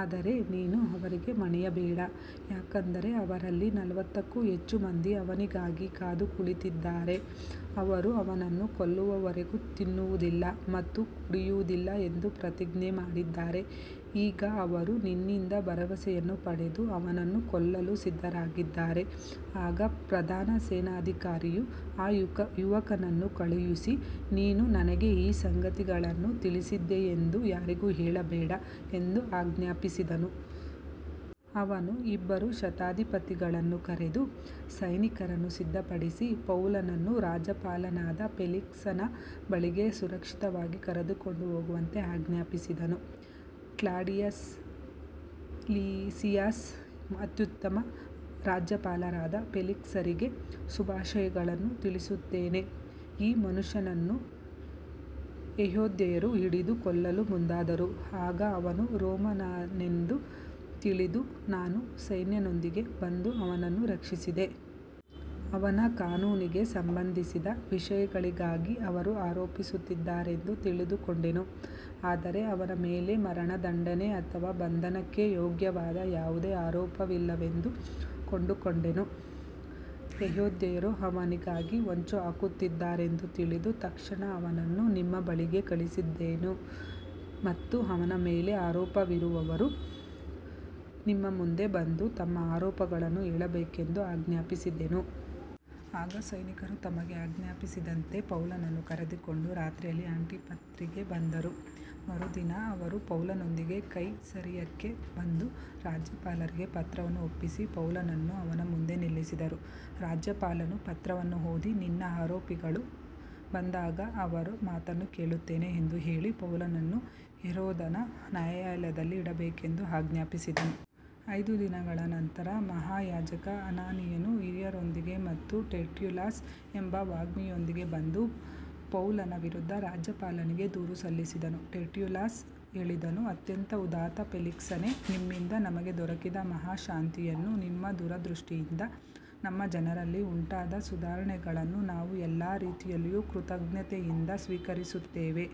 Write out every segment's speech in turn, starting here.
ಆದರೆ ನೀನು ಅವರಿಗೆ ಮಣಿಯಬೇಡ, ಯಾಕಂದರೆ ಅವರಲ್ಲಿ ನಲವತ್ತಕ್ಕೂ ಹೆಚ್ಚು ಮಂದಿ ಅವನಿಗಾಗಿ ಕಾದು ಕುಳಿತಿದ್ದಾರೆ. ಅವರು ಅವನನ್ನು ಕೊಲ್ಲುವವರೆಗೂ ತಿನ್ನುವುದಿಲ್ಲ ಮತ್ತು ಕುಡಿಯುವುದಿಲ್ಲ ಎಂದು ಪ್ರತಿಜ್ಞೆ ಮಾಡಿದ್ದಾರೆ. ಈಗ ಅವರು ನಿನ್ನಿಂದ ಭರವಸೆಯನ್ನು ಪಡೆದು ಅವನನ್ನು ಕೊಲ್ಲಲು ಸಿದ್ಧರಾಗಿದ್ದಾರೆ. ಆಗ ಪ್ರಧಾನ ಸೇನಾಧಿಕಾರಿಯು ಆ ಯುವಕನನ್ನು ಕಳುಹಿಸಿ, ನೀನು ನನಗೆ ಈ ಸಂಗತಿಗಳನ್ನು ತಿಳಿಸಿದ್ದೀಯೆಂದು ಯಾರಿಗೂ ಹೇಳಬೇಡ ಎಂದು ಆಜ್ಞಾಪಿಸಿದನು. ಅವನು ಇಬ್ಬರು ಶತಾಧಿಪತಿಗಳನ್ನು ಕರೆದು, ಸೈನಿಕರನ್ನು ಸಿದ್ಧಪಡಿಸಿ ಪೌಲನನ್ನು ರಾಜ್ಯಪಾಲನಾದ ಫೆಲಿಕ್ಸನ ಬಳಿಗೆ ಸುರಕ್ಷಿತವಾಗಿ ಕರೆದುಕೊಂಡು ಹೋಗುವಂತೆ ಆಜ್ಞಾಪಿಸಿದನು. ಕ್ಲಾಡಿಯಸ್ ಲಿಸಿಯಸ್ ಅತ್ಯುತ್ತಮ ರಾಜ್ಯಪಾಲರಾದ ಫೆಲಿಕ್ಸರಿಗೆ ಶುಭಾಶಯಗಳನ್ನು ತಿಳಿಸುತ್ತಾನೆ. ಈ ಮನುಷ್ಯನನ್ನು ಯೆಹೂದ್ಯರು ಹಿಡಿದು ಕೊಲ್ಲಲು ಮುಂದಾದರು. ಆಗ ಅವನು ರೋಮನ್ನನೆಂದು ತಿಳಿದು ನಾನು ಸೈನ್ಯದೊಂದಿಗೆ ಬಂದು ಅವನನ್ನು ರಕ್ಷಿಸಿದೆ. ಅವನ ಕಾನೂನಿಗೆ ಸಂಬಂಧಿಸಿದ ವಿಷಯಗಳಿಗಾಗಿ ಅವರು ಆರೋಪಿಸುತ್ತಿದ್ದಾರೆಂದು ತಿಳಿದುಕೊಂಡೆನು. ಆದರೆ ಅವನ ಮೇಲೆ ಮರಣದಂಡನೆ ಅಥವಾ ಬಂಧನಕ್ಕೆ ಯೋಗ್ಯವಾದ ಯಾವುದೇ ಆರೋಪವಿಲ್ಲವೆಂದು ಕಂಡುಕೊಂಡೆನು. ಯೆಹೂದ್ಯರು ಅವನಿಗಾಗಿ ಹೊಂಚುಹಾಕುತ್ತಿದ್ದಾರೆಂದು ತಿಳಿದ ತಕ್ಷಣ ಅವನನ್ನು ನಿಮ್ಮ ಬಳಿಗೆ ಕಳುಹಿಸಿದೆನು ಮತ್ತು ಅವನ ಮೇಲೆ ಆರೋಪವಿರುವವರು ನಿಮ್ಮ ಮುಂದೆ ಬಂದು ತಮ್ಮ ಆರೋಪಗಳನ್ನು ಹೇಳಬೇಕೆಂದು ಆಜ್ಞಾಪಿಸಿದೆನು. ಆಗ ಸೈನಿಕರು ತಮಗೆ ಆಜ್ಞಾಪಿಸಿದಂತೆ ಪೌಲನನ್ನು ಕರೆದುಕೊಂಡು ರಾತ್ರಿಯಲ್ಲಿ ಆಂಟಿಪತ್ರಿಗೆ ಬಂದರು. ಮರುದಿನ ಅವರು ಪೌಲನೊಂದಿಗೆ ಕೈಸರಿಯಾಕ್ಕೆ ಬಂದು ರಾಜ್ಯಪಾಲರಿಗೆ ಪತ್ರವನ್ನು ಒಪ್ಪಿಸಿ ಪೌಲನನ್ನು ಅವನ ಮುಂದೆ ನಿಲ್ಲಿಸಿದರು. ರಾಜ್ಯಪಾಲನು ಪತ್ರವನ್ನು ಓದಿ, ನಿನ್ನ ಆರೋಪಿಗಳು ಬಂದಾಗ ಅವರ ಮಾತನ್ನು ಕೇಳುತ್ತೇನೆ ಎಂದು ಹೇಳಿ, ಪೌಲನನ್ನು ಹೆರೋದನ ನ್ಯಾಯಾಲಯದಲ್ಲಿ ಇಡಬೇಕೆಂದು ಆಜ್ಞಾಪಿಸಿದನು. ಐದು ದಿನಗಳ ನಂತರ ಮಹಾಯಾಜಕ ಅನನೀಯನು ಹಿರಿಯರೊಂದಿಗೆ ಮತ್ತು ಟೆರ್ಟುಲ್ಲಸ್ ಎಂಬ ವಾಗ್ಮಿಯೊಂದಿಗೆ ಬಂದು ಪೌಲನ ವಿರುದ್ಧ ರಾಜ್ಯಪಾಲನಿಗೆ ದೂರು ಸಲ್ಲಿಸಿದನು. ಟೆರ್ಟುಲ್ಲಸ್ ಹೇಳಿದನು, ಅತ್ಯಂತ ಉದಾತ್ತ ಫೆಲಿಕ್ಸನೇ, ನಿಮ್ಮಿಂದ ನಮಗೆ ದೊರಕಿದ ಮಹಾ ಶಾಂತಿಯನ್ನೂ ನಿಮ್ಮ ದೂರದೃಷ್ಟಿಯಿಂದ ನಮ್ಮ ಜನರಲ್ಲಿ ಉಂಟಾದ ಸುಧಾರಣೆಗಳನ್ನೂ ನಾವು ಎಲ್ಲ ರೀತಿಯಲ್ಲಿಯೂ ಕೃತಜ್ಞತೆಯಿಂದ ಸ್ವೀಕರಿಸುತ್ತೇವೆ.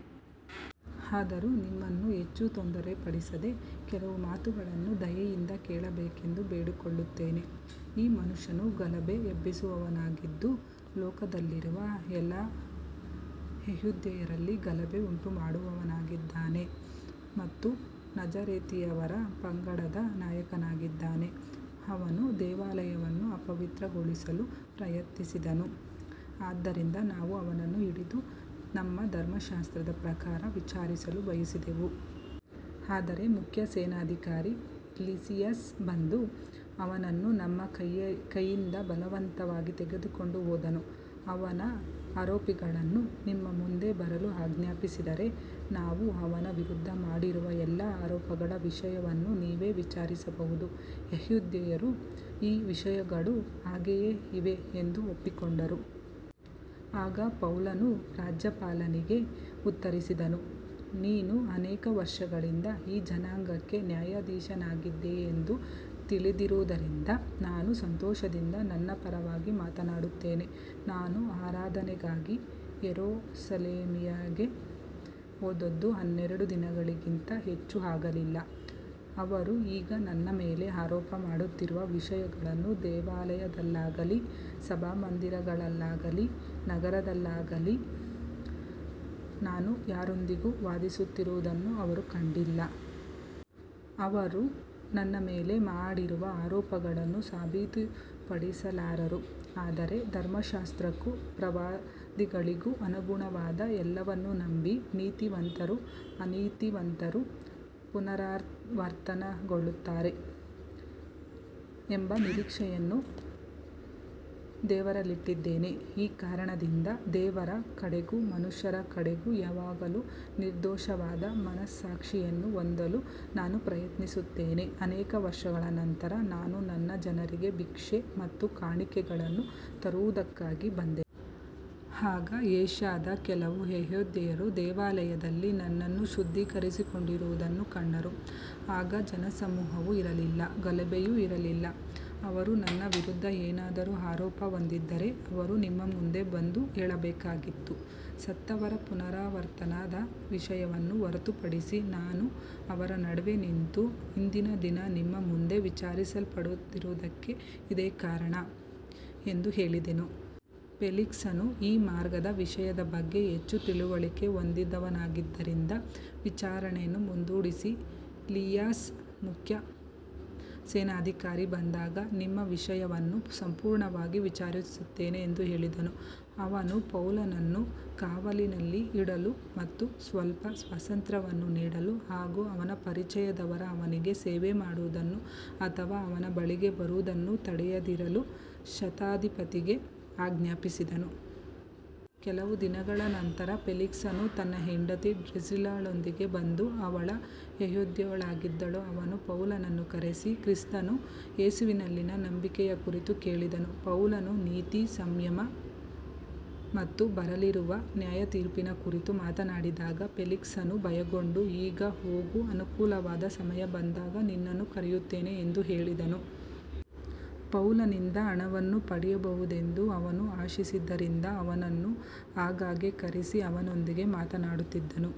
ಆದರೂ ನಿಮ್ಮನ್ನು ಹೆಚ್ಚು ತೊಂದರೆಪಡಿಸದೆ ಕೆಲವು ಮಾತುಗಳನ್ನು ದಯೆಯಿಂದ ಕೇಳಬೇಕೆಂದು ಬೇಡಿಕೊಳ್ಳುತ್ತೇನೆ. ಈ ಮನುಷ್ಯನು ಗಲಭೆ ಎಬ್ಬಿಸುವವನಾಗಿದ್ದು, ಲೋಕದಲ್ಲಿರುವ ಎಲ್ಲ ಯೆಹೂದ್ಯರಲ್ಲಿ ಗಲಭೆ ಉಂಟುಮಾಡುವವನಾಗಿದ್ದಾನೆ ಮತ್ತು ನಜರೇತಿನವರ ಪಂಗಡದ ನಾಯಕನಾಗಿದ್ದಾನೆ. ಅವನು ದೇವಾಲಯವನ್ನು ಅಪವಿತ್ರಗೊಳಿಸಲು ಪ್ರಯತ್ನಿಸಿದನು. ಆದ್ದರಿಂದ ನಾವು ಅವನನ್ನು ಹಿಡಿದು ನಮ್ಮ ಧರ್ಮಶಾಸ್ತ್ರದ ಪ್ರಕಾರ ವಿಚಾರಿಸಲು ಬಯಸಿದೆವು. ಆದರೆ ಮುಖ್ಯ ಸೇನಾಧಿಕಾರಿ ಲಿಸಿಯಸ್ ಬಂದು ಅವನನ್ನು ನಮ್ಮ ಕೈಯಿಂದ ಬಲವಂತವಾಗಿ ತೆಗೆದುಕೊಂಡು ಹೋದನು. ಅವನ ಆರೋಪಿಗಳನ್ನು ನಿಮ್ಮ ಮುಂದೆ ಬರಲು ಆಜ್ಞಾಪಿಸಿದರೆ, ನಾವು ಅವನ ವಿರುದ್ಧ ಮಾಡಿರುವ ಎಲ್ಲಾ ಆರೋಪಗಳ ವಿಷಯವನ್ನು ನೀವೇ ವಿಚಾರಿಸಬಹುದು. ಯೆಹೂದ್ಯರೂ ಈ ವಿಷಯಗಳು ಹಾಗೆಯೇ ಇವೆ ಎಂದು ಒಪ್ಪಿಕೊಂಡರು. ಆಗ ಪೌಲನು ರಾಜ್ಯಪಾಲನಿಗೆ ಉತ್ತರಿಸಿದನು, ನೀನು ಅನೇಕ ವರ್ಷಗಳಿಂದ ಈ ಜನಾಂಗಕ್ಕೆ ನ್ಯಾಯಾಧೀಶನಾಗಿದ್ದೀಯೆಂದು ತಿಳಿದಿರುವುದರಿಂದ ನಾನು ಸಂತೋಷದಿಂದ ನನ್ನ ಪರವಾಗಿ ಮಾತನಾಡುತ್ತೇನೆ. ನಾನು ಆರಾಧನೆಗಾಗಿ ಯೆರೂಸಲೇಮಿಗೆ ಹೋದದ್ದು ಹನ್ನೆರಡು ದಿನಗಳಿಗಿಂತ ಹೆಚ್ಚು ಆಗಿಲ್ಲ. ಅವರು ಈಗ ನನ್ನ ಮೇಲೆ ಆರೋಪ ಮಾಡುತ್ತಿರುವ ವಿಷಯಗಳನ್ನು ದೇವಾಲಯದಲ್ಲಾಗಲಿ ಸಭಾಮಂದಿರಗಳಲ್ಲಾಗಲಿ ನಗರದಲ್ಲಾಗಲಿ ನಾನು ಯಾರೊಂದಿಗೂ ವಿವಾದಿಸುತ್ತಿರುವುದನ್ನು ಅವರು ಕಂಡಿಲ್ಲ. ಅವರು ನನ್ನ ಮೇಲೆ ಮಾಡಿರುವ ಆರೋಪಗಳನ್ನು ಸಾಬೀತುಪಡಿಸಲಾರರು. ಆದರೆ ಧರ್ಮಶಾಸ್ತ್ರಕ್ಕೂ ಪ್ರವಾದಿಗಳಿಗೂ ಅನುಗುಣವಾದ ಎಲ್ಲವನ್ನೂ ನಂಬಿ, ನೀತಿವಂತರೂ ಅನೀತಿವಂತರೂ ಪುನರುತ್ಥಾನಗೊಳ್ಳುತ್ತಾರೆ ಎಂಬ ನಿರೀಕ್ಷೆಯನ್ನು ದೇವರಲ್ಲಿಟ್ಟಿದ್ದೇನೆ. ಈ ಕಾರಣದಿಂದ ದೇವರ ಕಡೆಗೂ ಮನುಷ್ಯರ ಕಡೆಗೂ ಯಾವಾಗಲೂ ನಿರ್ದೋಷವಾದ ಮನಸ್ಸಾಕ್ಷಿಯನ್ನು ಹೊಂದಲು ನಾನು ಪ್ರಯತ್ನಿಸುತ್ತೇನೆ. ಅನೇಕ ವರ್ಷಗಳ ನಂತರ ನಾನು ನನ್ನ ಜನರಿಗೆ ಭಿಕ್ಷೆ ಮತ್ತು ಕಾಣಿಕೆಗಳನ್ನು ತರುವುದಕ್ಕಾಗಿ ಬಂದೆನು. ಆಗ ಏಷ್ಯಾದ ಕೆಲವು ಯೆಹೂದ್ಯರು ದೇವಾಲಯದಲ್ಲಿ ನನ್ನನ್ನು ಶುದ್ಧೀಕರಿಸಿಕೊಂಡಿರುವುದನ್ನು ಕಂಡರು. ಆಗ ಜನಸಮೂಹವೂ ಇರಲಿಲ್ಲ, ಗಲಭೆಯೂ ಇರಲಿಲ್ಲ. ಅವರು ನನ್ನ ವಿರುದ್ಧ ಏನಾದರೂ ಆರೋಪ ಹೊಂದಿದ್ದರೆ ಅವರು ನಿಮ್ಮ ಮುಂದೆ ಬಂದು ಹೇಳಬೇಕಾಗಿತ್ತು. ಸತ್ತವರ ಪುನರುತ್ಥಾನದ ವಿಷಯವನ್ನು ಹೊರತುಪಡಿಸಿ, ನಾನು ಅವರ ನಡುವೆ ನಿಂತು, ಇಂದಿನ ದಿನ ನಿಮ್ಮ ಮುಂದೆ ವಿಚಾರಿಸಲ್ಪಡುತ್ತಿರುವುದಕ್ಕೆ ಇದೇ ಕಾರಣ ಎಂದು ಹೇಳಿದೆನು. ಫೆಲಿಕ್ಸನು ಈ ಮಾರ್ಗದ ವಿಷಯದ ಬಗ್ಗೆ ಹೆಚ್ಚು ತಿಳುವಳಿಕೆ ಹೊಂದಿದ್ದವನಾಗಿದ್ದರಿಂದ ವಿಚಾರಣೆಯನ್ನು ಮುಂದೂಡಿಸಿ, ಲಿಸಿಯಸ್ ಮುಖ್ಯ ಸೇನಾಧಿಕಾರಿ ಬಂದಾಗ ನಿಮ್ಮ ವಿಷಯವನ್ನು ಸಂಪೂರ್ಣವಾಗಿ ವಿಚಾರಿಸುತ್ತೇನೆ ಎಂದು ಹೇಳಿದನು. ಅವನು ಪೌಲನನ್ನು ಕಾವಲಿನಲ್ಲಿ ಇಡಲು ಮತ್ತು ಸ್ವಲ್ಪ ಸ್ವಾತಂತ್ರ್ಯವನ್ನು ನೀಡಲು ಹಾಗೂ ಅವನ ಪರಿಚಯದವರು ಅವನಿಗೆ ಸೇವೆಮಾಡುವುದನ್ನು ಅಥವಾ ಅವನ ಬಳಿಗೆ ಬರುವುದನ್ನು ತಡೆಯದಿರಲು ಶತಾಧಿಪತಿಗೆ ಆಜ್ಞಾಪಿಸಿದನು. ಕೆಲವು ದಿನಗಳ ನಂತರ ಫೆಲಿಕ್ಸನು ತನ್ನ ಹೆಂಡತಿ ಡ್ರುಸಿಲ್ಲಾಳೊಂದಿಗೆ ಬಂದು, ಅವಳು ಯೆಹೂದ್ಯಳಾಗಿದ್ದಳು. ಅವನು ಪೌಲನನ್ನು ಕರೆಸಿ ಕ್ರಿಸ್ತ ಯೇಸುವಿನಲ್ಲಿನ ನಂಬಿಕೆಯ ಕುರಿತು ಕೇಳಿದನು. ಪೌಲನು ನೀತಿ, ಸಂಯಮ ಮತ್ತು ಬರಲಿರುವ ನ್ಯಾಯತೀರ್ಪಿನ ಕುರಿತು ಮಾತನಾಡಿದಾಗ ಫೆಲಿಕ್ಸನು ಭಯಗೊಂಡು, ಈಗ ಹೋಗು, ಅನುಕೂಲವಾದ ಸಮಯ ಬಂದಾಗ ನಿನ್ನನ್ನು ಕರೆಯುತ್ತೇನೆ ಎಂದು ಹೇಳಿದನು. ಪೌಲನಿಂದ ಹಣವನ್ನು ಪಡೆಯಬಹುದೆಂದು ಅವನು ಆಶಿಸಿದ್ದರಿಂದ ಅವನನ್ನು ಆಗಾಗ್ಗೆ ಕರೆಸಿ ಅವನೊಂದಿಗೆ ಮಾತನಾಡುತ್ತಿದ್ದನು.